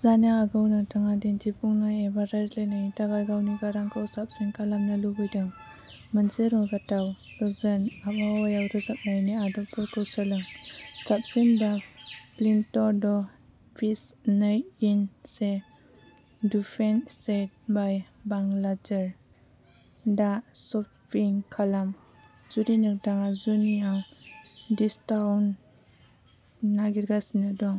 जानो हागौ नोंथाङा दिन्थिफुंनाय एबा रायज्लायनायनि थाखाय गावनि गारांखौ साबसिन खालामनो लुबैदों? मोनसे रंजाथाव, गोजोन आबहावायाव रोजाबनायनि आदबफोरखौ सोलों। साबसिन बा फ्लिन्ट द' पिस नै-इन-से डुभेट सेट बाइ बांगाल'रोज। दा शपिं खालाम जुदि नोंथाङा जुनिया डिस्काउन्ट नागिरगासिनो दं,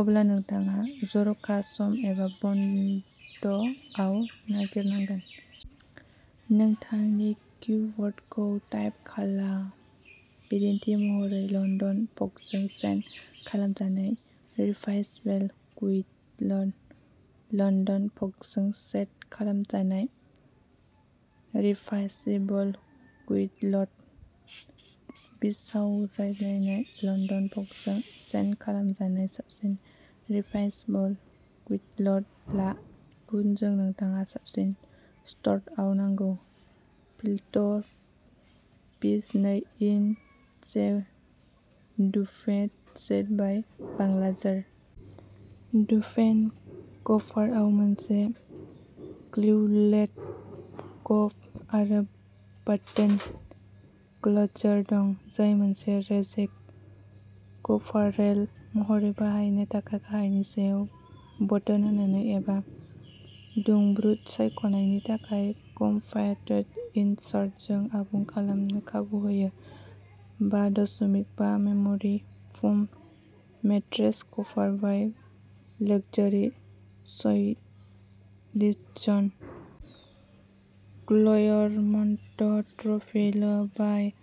अब्ला नोंथाङा जर'खा सम एबा बन्द' आव नागिरनांगोन। नोंथांनि किवर्डखौ टाइप खालाम, बिदिन्थि महरै, लण्डन फगजों सेट खालामजानाय रिभार्सिबल कुइल्ट। लन्दन फगजों सेट खालामजानाय रिभार्सिबल कुइल्ट। बिसावरायनाय लन्दन फगजों सेट खालामजानाय साबसिन रिभार्सिबल कुइल्ट ला। गुनजों। नोंथाङा साबसिन स्ट'रआव नांगौ। फ्लिन्ट द' पिस नै-इन-से डुभेट सेट बाइ बांगाल'रोज। डुभेट कभारआव मोनसे क्विल्टेड टप आरो बाटोन क्लोजार दं, जाय मोनसे रेजें कभारलेट महरै बाहायनो थाखाय गाहायनि सायाव बटन होनानै एबा दुंब्रुद सायख'नायनि थाखाय कमफर्टर इनसार्टजों आबुं खालामनो खाबु होयो। बा दसमिक बा memory foam mattress topper by luxury solutions. Claremont throw pillow by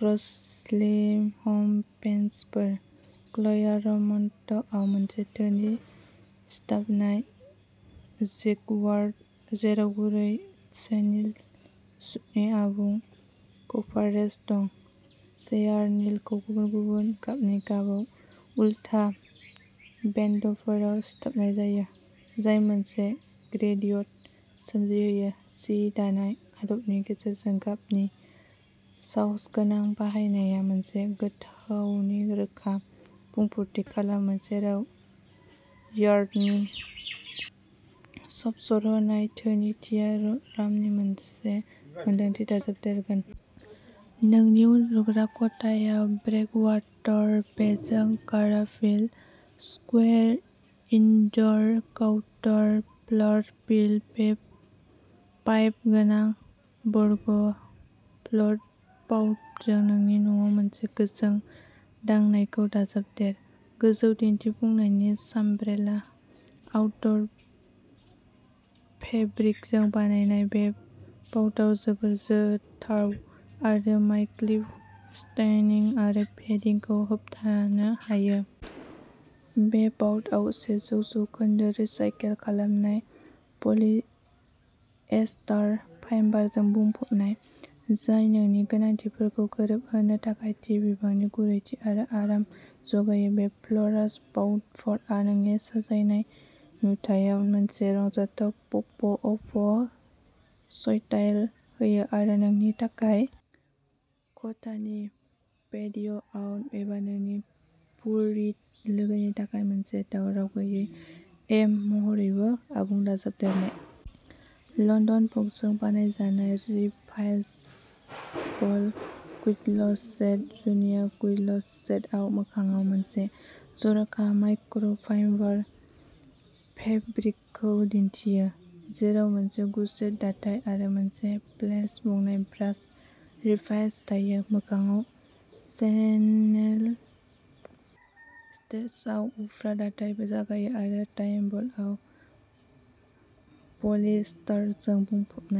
क्रससिल हम फेसनफोर। क्लेयरमन्टआ मोनसे धोनि सिथाबनाय जेक्वार्ड, जेराव गुरै चेनिल सूतनि आबुं कभारेज दं। चेआनिलखौ गुबुन गुबुन गाबनि गाबाव उलथा बेन्डफोराव सिथाबनाय जायो, जाय मोनसे ग्रेडियन्ट सोमजिहोयो। सि दानाय आदबनि गेजेरजों गाबनि साहसगोनां बाहायनाया मोनसे गोथावनि रोखा बुंफोरथि खालामो, जेराव यार्ननि स्पर्शेहनाय धोनिथिया रामनि मोनसे मोनदांथि दाजाबदेरगोन। नोंनि उन्दुग्रा खथायाव। ब्रेकवाटार बेजों Caravel Square indoor outdoor floor pillow'. बे पाइप गोनां बर्ग फ्ल'र पाउफजों नोंनि न'आव मोनसे गोजों दांनायखौ दाजाबदेर। गोजौ दिन्थिफुंनायनि सानब्रेला आउटड'र फेब्रिकजों बानायनाय बे पाउफआ जोबोद जोरथाव आरो माइल्डिउ स्टेनिं आरो फेदिंखौ होबथानो हायो। बे पाउफआ सेजौ जौखोनदो रिसाइकेल खालामनाय पलिएस्टार फाइबारजों बुंफबनाय, जाय नोंनि गोनांथिफोरखौ गोरोबहोनो थाखाय थि बिबांनि गुरैथि आरो आराम जगायो। बे फ्ल'र पाउफआ नोंनि साजायनाय नुथायाव मोनसे रंजाथाव पप अफ स्टाइल होयो आरो नोंनि थानाय खथानि पेटिय'आव एबा नोंनि फुर्रि लोगोनि थाखाय मोनसे दावराव गैयै एम महरैबो आबुं दाजाबदेरनाय। लण्डन फगजों बानायजानाय रिभार्सिबल कुइल्ट सेट। जुनिया कुइल्ट सेटआ मोखांआव मोनसे जर'खा माइक्र'फाइबार फेब्रिकखौ दिन्थियो, जेराव मोनसे गुसेब दाथाय आरो मोनसे फ्लेट बुनाय ब्रास रिभार्स थायो। मोखांआव चेनेल स्तिचआ उफ्रा दाथाय जगायो आरो आइटेमआ पलिएस्टारजों बुंफबनाय।